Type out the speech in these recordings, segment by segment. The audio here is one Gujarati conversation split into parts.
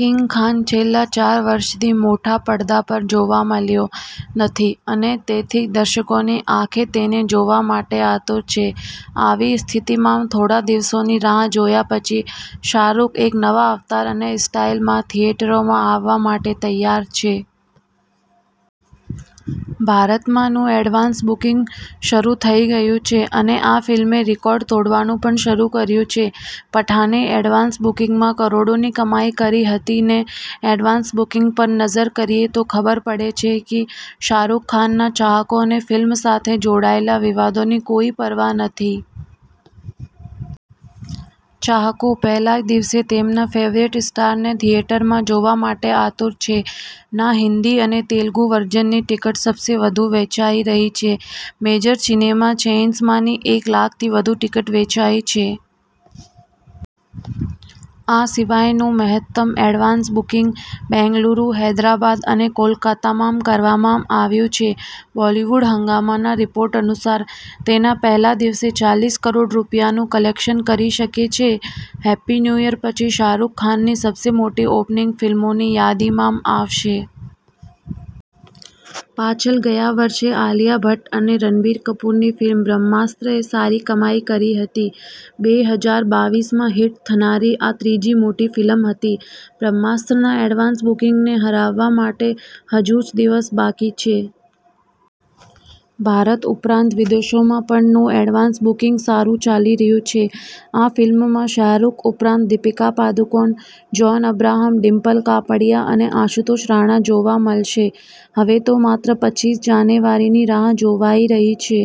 કિંગ ખાન છેલ્લા ચાર વર્ષથી મોટા પડદા પરજોવા મળ્યો નથી. અને તેથીજ દર્શકોની આંખો તેને જોવા માટે આતુર છે. આવી સ્થિતિમાં, થોડા દિવસોની રાહ જોયા પછી, શાહરૂખ એક નવા અવતાર અને સ્ટાઈલમાં થિયેટરોમાં આવવા માટે તૈયાર છે. ભારતમાં નું એડવાન્સ બુકિંગ શરૂ થઈ ગયું છે અને આ ફિલ્મે રેકોર્ડ તોડવાનું પણ શરૂ કર્યું છે. પઠાણે એડવાન્સ બુકિંગમાં કરોડોની કમાણી કરી હતી ને એડવાન્સ બુકિંગ પર નજર કરીએ તો ખબર પડે છે કે શાહરૂખ ખાનના ચાહકોને ફિલ્મ સાથે જોડાયેલા વિવાદોની કોઈ પરવા નથી. ચાહકો પહેલા જ દિવસે તેમના ફેવરિટ સ્ટારને થિયેટરમાં જોવા માટે આતુર છે. ના હિન્દી અને તેલુગુ વર્ઝનની ટિકિટ સૌથી વધુ વેચાઈ રહી છે. મેજર સિનેમા ચેઈન્સમાં ની એક લાખથી વધુ ટિકિટ વેચાઈ છે. આ સિવાય નું મહત્તમ એડવાન્સ બુકિંગ બેંગલુરુ, હૈદરાબાદ અને કોલકાતામાં કરવામાં આવ્યું છે. બોલિવૂડ હંગામાના રિપોર્ટ અનુસાર, તેના પહેલા દિવસે ચાલીસ કરોડ રૂપિયાનું કલેક્શન કરી શકે છે. હેપ્પી ન્યૂ યર પછી, શાહરૂખ ખાનની સૌથી મોટી ઓપનિંગ ફિલ્મોની યાદીમાં આવશે. પાછળ ગયા વર્ષે આલિયા ભટ્ટ અને રણબીર કપૂરની ફિલ્મ 'બ્રહ્માસ્ત્ર' એ સારી કમાણી કરી હતી. બે હજાર બાવીસમાં હિટ થનારી આ ત્રીજી મોટી ફિલ્મ હતી. 'બ્રહ્માસ્ત્ર'ના એડવાન્સ બુકિંગને હરાવવા માટે હજુ છ દિવસ બાકી છે. ભારત ઉપરાંત વિદેશોમાં પણ નું એડવાન્સ બુકિંગ સારું ચાલી રહ્યું છે. આ ફિલ્મમાં શાહરૂખ ઉપરાંત દીપિકા પાદુકોણ, જોન અબ્રાહમ, ડિમ્પલ કાપડિયા અને આશુતોષ રાણા જોવા મળશે. હવે તો માત્ર પચીસ જાન્યુઆરીની રાહ જોવાઈ રહી છે.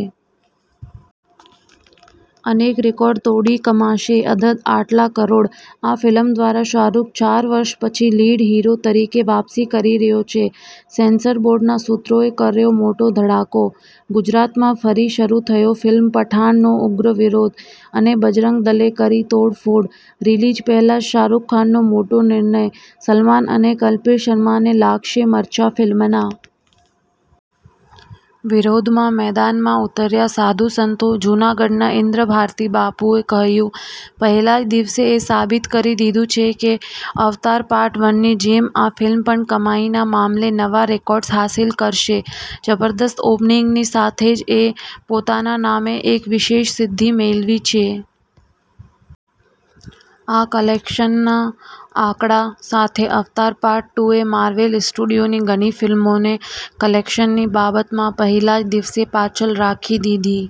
અનેક રેકોર્ડ તોડી કમાશે અધધ આટલા કરોડ. આ ફિલ્મ દ્વારા શાહરૂખ ચાર વર્ષ પછી લીડ હીરો તરીકે વાપસી કરી રહ્યો છે. સેન્સર બોર્ડના સુત્રોએ કર્યો મોટો ધડાકો ગુજરાતમાં ફરી શરુ થયો ફિલ્મ 'પઠાણ'નો ઉગ્ર વિરોધ, અને બજરંગ દળે કરી તોડફોડ રીલીઝ પહેલા જ શાહરૂખ ખાનનો મોટો નિર્ણય, સલમાન અને કપિલ શર્માને લાગશે મરચા. ફિલ્મના વિરોધમાં મેદાનમાં ઉતર્યા સાધુ-સંતો, જૂનાગઢના ઇન્દ્રભારતી બાપુએ કહ્યું. 'પહેલા જ દિવસે એ સાબિત કરી દીધું છે કે અવતાર પાર્ટ વનની જેમ આ ફિલ્મ પણ કમાણીના મામલે નવા રેકોર્ડ્સ હાંસિલ કરશે. જબરદસ્ત ઓપનિંગની સાથે જ એ પોતાના નામે એક વિશેષ સિદ્ધિ મેળવી છે. આ કલેક્શનના આંકડા સાથે અવતાર પાર્ટ ટુ એ માર્વેલ સ્ટુડિયોની ઘણી ફિલ્મોને કલેક્શનની બાબતમાં પહેલા જ દિવસે પાછળ રાખી દીધી.'